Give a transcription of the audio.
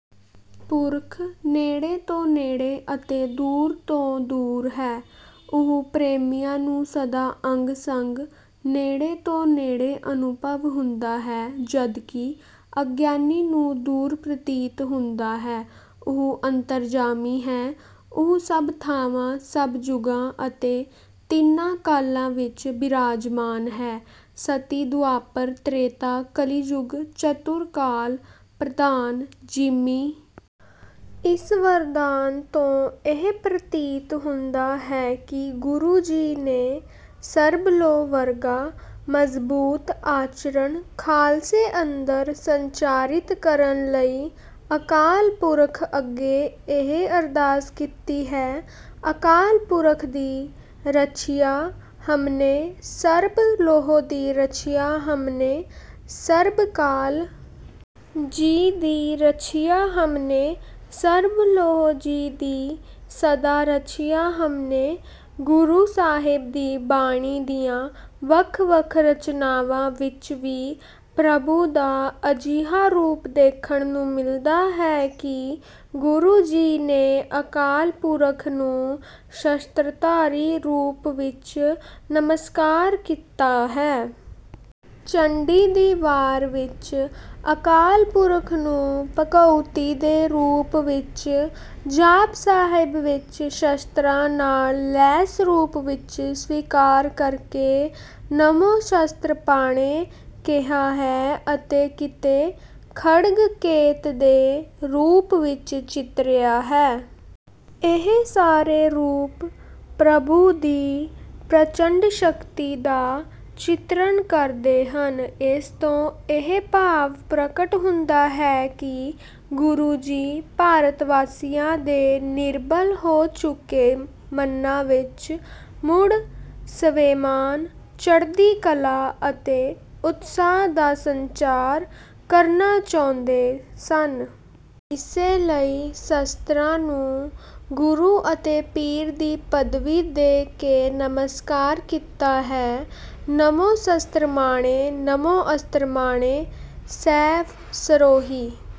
ਪੁਰਖ ਨੇੜੇ ਤੋਂ ਨੇੜੇ ਅਤੇ ਦੂਰ ਤੋਂ ਦੂਰ ਹੈ। ਉਹ ਪ੍ਰੇਮੀਆਂ ਨੂੰ ਸਦਾ ਅੰਗ-ਸੰਗ, ਨੇੜੇ ਤੋਂ ਨੇੜੇ ਅਨੁਭਵ ਹੁੰਦਾ ਹੈ, ਜਦਕਿ ਅਗਿਆਨੀ ਨੂੰ ਦੂਰ ਪ੍ਰਤੀਤ ਹੁੰਦਾ ਹੈ। ਉਹ ਅੰਤਰਜਾਮੀ ਹੈ। ਉਹ ਸਭ ਥਾਵਾਂ, ਸਭ ਜੁਗਾਂ ਅਤੇ ਤਿੰਨਾਂ ਕਾਲਾਂ ਵਿੱਚ ਬਿਰਾਜਮਾਨ ਹੈ ਸਤਿ ਦੁਆਪਰ ਤ੍ਰੇਤਾ ਕਲਿਜੁਗ ਚਤੁਰ ਕਾਲ ਪ੍ਰਧਾਨ॥ ਜਿਮੀ ਇਸ ਵਰਦਾਨ ਤੋਂ ਇਹ ਪ੍ਰਤੀਤ ਹੁੰਦਾ ਹੈ ਕਿ ਗੁਰੂ ਜੀ ਨੇ ਸਰਬਲੋਹ ਵਰਗਾ ਮਜ਼ਬੂਤ ਆਚਰਨ ਖਾਲਸੇ ਅੰਦਰ ਸੰਚਾਰਿਤ ਕਰਨ ਲਈ ਅਕਾਲ ਪੁਰਖ ਅੱਗੇ ਇਹ ਅਰਦਾਸ ਕੀਤੀ ਹੈ ਅਕਾਲ ਪੁਰਖ ਦੀ ਰੱਛਿਆ ਹਮਨੈ। ਸਰਬ ਲੋਹ ਦੀ ਰੱਛਿਆ ਹਮਨੈ। ਸਰਬਕਾਲ ਜੀ ਦੀ ਰੱਛਿਆ ਹਮਨੈ। ਸਰਬਲੋਹ ਜੀ ਦੀ ਸਦਾ ਰੱਛਿਆ ਹਮਨੈ॥ ਗੁਰੂ ਸਾਹਿਬ ਦੀ ਬਾਣੀ ਦੀਆਂ ਵੱਖ-ਵੱਖ ਰਚਨਾਵਾਂ ਵਿੱਚ ਵੀ ਪ੍ਰਭੂ ਦਾ ਅਜਿਹਾ ਰੂਪ ਦੇਖਣ ਨੂੰ ਮਿਲਦਾ ਹੈ ਕਿ ਗੁਰੂ ਜੀ ਨੇ ਅਕਾਲ ਪੁਰਖ ਨੂੰ ਸ਼ਸਤ੍ਰਧਾਰੀ ਰੂਪ ਵਿੱਚ ਨਮਸਕਾਰ ਕੀਤਾ ਹੈ। ਚੰਡੀ ਦੀ ਵਾਰ ਵਿੱਚ ਅਕਾਲ ਪੁਰਖ ਨੂੰ ਭਗਉਤੀ ਦੇ ਰੂਪ ਵਿੱਚ, ਜਾਪ ਸਾਹਿਬ ਵਿੱਚ ਸ਼ਸਤ੍ਰਾਂ ਨਾਲ ਲੈਸ ਰੂਪ ਵਿੱਚ ਸਵੀਕਾਰ ਕਰਕੇ “ਨਮੋ ਸਸਤ੍ਰਪਾਣੈ” ਕਿਹਾ ਹੈ ਅਤੇ ਕਿਤੇ ਖੜਗ ਕੇਤ ਦੇ ਰੂਪ ਵਿੱਚ ਚਿਤਰਿਆ ਹੈ। ਇਹ ਸਾਰੇ ਰੂਪ ਪ੍ਰਭੂ ਦੀ ਪ੍ਰਚੰਡ ਸ਼ਕਤੀ ਦਾ ਚਿਤਰਨ ਕਰਦੇ ਹਨ। ਇਸ ਤੋਂ ਇਹ ਭਾਵ ਪ੍ਰਗਟ ਹੁੰਦਾ ਹੈ ਕਿ ਗੁਰੂ ਜੀ ਭਾਰਤਵਾਸੀਆਂ ਦੇ ਨਿਰਬਲ ਹੋ ਚੁੱਕੇ ਮਨਾਂ ਵਿੱਚ ਮੁੜ ਸਵੈਮਾਨ, ਚੜ੍ਹਦੀ ਕਲਾ ਅਤੇ ਉਤਸ਼ਾਹ ਦਾ ਸੰਚਾਰ ਕਰਨਾ ਚਾਹੁੰਦੇ ਸਨ। ਇਸੇ ਲਈ ਸ਼ਸਤ੍ਰਾਂ ਨੂੰ ਗੁਰੂ ਅਤੇ ਪੀਰ ਦੀ ਪਦਵੀ ਦੇ ਕੇ ਨਮਸਕਾਰ ਕੀਤਾ ਹੈ ਨਮੋ ਸਸਤ੍ਰਮਾਣੇ ਨਮੋ ਅਸਤ੍ਰਮਾਣੇ॥ ਸੈਫ ਸਰੋਹੀ…